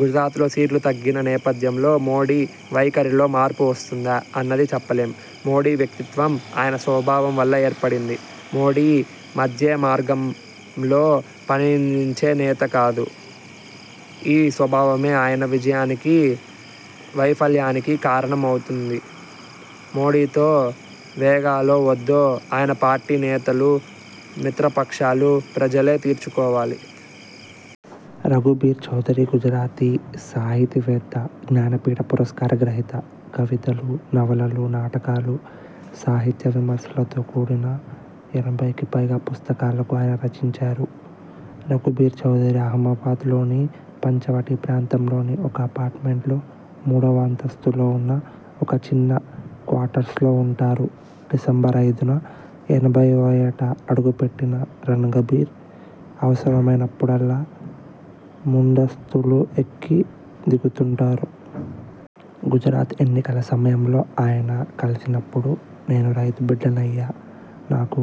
గుజరాత్లో సీట్లు తగ్గిన నేపథ్యంలో మోడీ వైఖరిలో మార్పు వస్తుందా? అన్నది చెప్పలేం. మోడీ వ్యక్తిత్వం ఆయన స్వభావం వల్ల ఏర్పడింది. మోడీ మధ్యే మార్గంలో పయనించే నేత కాదు. ఈ స్వభావమే ఆయన విజయానికీ వైఫల్యానికీ కారణం అవుతుంది. మోడీ తో వేగాలో వద్దో ఆయన పార్టీ నేతలు, మిత్రపక్షాలు, ప్రజలే తీర్చు కోవాలి. రఘుబీర్ చౌదరి గుజరాతీ సాహితీవేత్త. జ్ఞానపీఠ పురస్కార గ్రహీత. కవితలు, నవలలు, నాటకాలు, సాహిత్య విమర్శలతో కూడిన ఎనభైకి పైగా పుస్తకాలకు ఆయన రచించారు. రఘుబీర్ చౌదరి అహ్మదాబాద్లోని పంచవటీ ప్రాంతంలోని ఒక అపార్ట్మెంట్లో మూడవ అంతస్తులో ఉన్న ఒక చిన్న క్వార్టర్స్ లో ఉంటారు. డిసెంబర్ ఐదున ఎనభైవ ఏట అడుగుపెట్టిన రఘుబీర్ అవసరమైనప్పుడల్లా మూడంతస్తులు ఎక్కి దిగుతుంటారు. గుజరాత్ ఎన్నికల సమయంలో ఆయన కలిసినప్పుడు నేను రైతు బిడ్డనయ్యా.. నాకు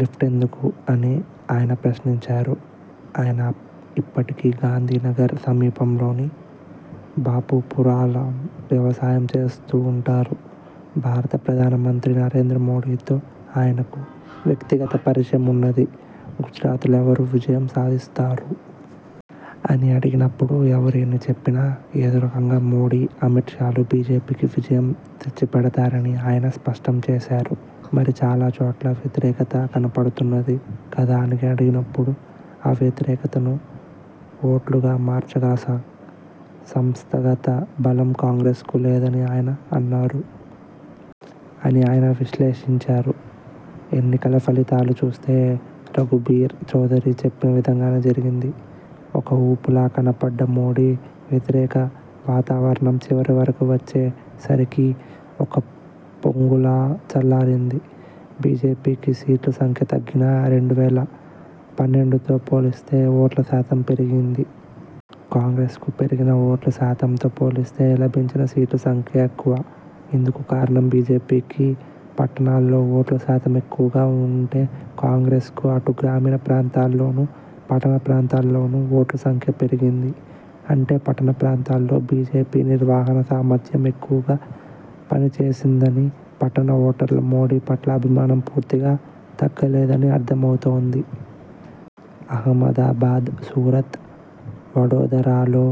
లిఫ్టెందుకు అని ఆయన ప్రశ్నించారు. ఆయన ఇప్పటికీ గాంధీ నగర్ సమీపంలోని బాపూపురాలో వ్యవసాయం చేస్తూ ఉంటారు. భారత ప్రధానమంత్రి నరేంద్రమోడీ తో ఆయనకు వ్యక్తిగత పరిచయం ఉన్నది. గుజరాత్లో ఎవరు విజయం సాధిస్తారు.. అని అడిగినప్పుడు ఎవరు ఎన్ని చెప్పినా ఏదో రకంగా మోదీ, అమిత్ షాలు బీజేపీకి విజయం తెచ్చిపెడతారని ఆయన స్పష్టం చేశారు. మరి చాలా చోట్ల వ్యతిరేకత కనపడుతున్నది కదా అని అడిగినప్పుడు ఆ వ్యతిరేకతను ఓట్లుగా మార్చగల సంస్థాగత బలం కాంగ్రెస్కు లేదని ఆయన అన్నారు. అని ఆయన విశ్లేషించారు. ఎన్నికల ఫలితాలు చూస్తే రఘుబీర్ చౌదరి చెప్పిన విధంగానే జరిగింది. ఒక ఊపులా కనపడ్డ మోడీ వ్యతిరేక వాతావరణం చివర వరకు వచ్చే సరికి ఒక పొంగులా చల్లారింది. బీజేపీకి సీట్ల సంఖ్య తగ్గినా రెండు వేల పన్నెండుతో పోలిస్తే ఓట్ల శాతం పెరిగింది. కాంగ్రెస్కు పెరిగిన ఓట్ల శాతంతో పోలిస్తే లభించిన సీట్ల సంఖ్య ఎక్కువ. ఇందుకు కారణం బీజేపీకి పట్టణాల్లో ఓట్ల శాతం ఎక్కువగా ఉంటే కాంగ్రెస్కు అటు గ్రామీణ ప్రాంతాల్లోనూ, పట్టణ ప్రాంతాల్లోనూ ఓట్ల సంఖ్య పెరిగింది. అంటే పట్టణ ప్రాంతాల్లో బీజేపీ నిర్వహణా సామర్థ్యం ఎక్కువగా పనిచేసిందని, పట్టణ ఓటర్లలో మోదీ పట్ల అభిమానం పూర్తిగా తగ్గలేదని అర్థమవుతోంది. అహ్మదాబాద్, సూరత్, వడోదరాలో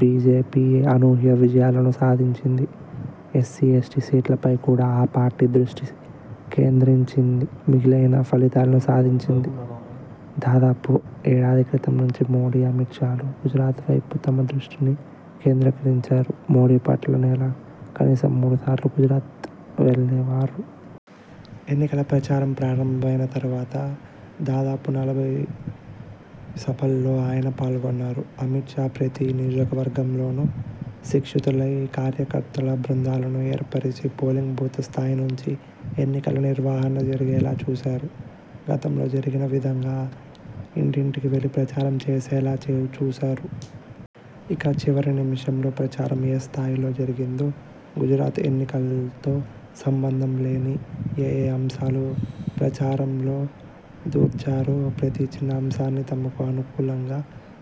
బీజేపీ అనూహ్య విజయాలను సాధించింది. ఎస్సీ, ఎస్టీ సీట్లపై కూడా ఆ పార్టీ దృష్టి కేంద్రించింది. మెరుగైన ఫలితాలను సాధించింది. దాదాపు ఏడాది క్రితం నుంచీ మోడీ, అమిత్ షాలు గుజరాత్పై తమ దృష్టిని కేంద్రీకరించారు. మోడీ ప్రతి నెలా కనీసం మూడు సార్లు గుజరాత్ వెళ్లేవారు. ఎన్నికల ప్రచారం ప్రారంభమైన తర్వాత దాదాపు నలభై సభల్లో ఆయన పాల్గొన్నారు. అమిత్ షా ప్రతి నియోజకవర్గంలోనూ శిక్షితులై కార్యకర్తల బృందాలను ఏర్పర్చి పోలింగ్ బూత్ స్థాయి నుంచి ఎన్నికల నిర్వహణ జరిగేలా చూశారు. గతంలో జరగని విధంగా ఇంటింటికి వెళ్లి ప్రచారం చేసేలా చే చూశారు. ఇక చివరి నిమిషంలో ప్రచారం ఏ స్థాయిలో జరిగిందో, గుజరాత్ ఎన్నికలతో సంబంధంలేని ఏఏ అంశాలు ప్రచారంలో దూర్చారో, ప్రతి చిన్న అంశాన్నీ తమకు అనుకూలంగా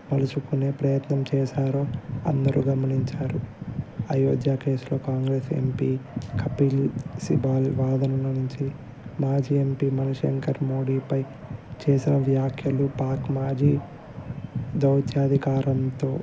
మలుచుకునే ప్రయత్నం చేశారో అందరూ గమనించారు. అయోధ్య కేసులో కాంగ్రెస్ ఎంపీ కపిల్ సిబాల్ వాదన నుంచి మాజీ ఎంపీ మణిశంకర్ మోదీపై చేసిన వ్యాఖ్యలు, పాక్ మాజీ దౌత్యాధికారులతో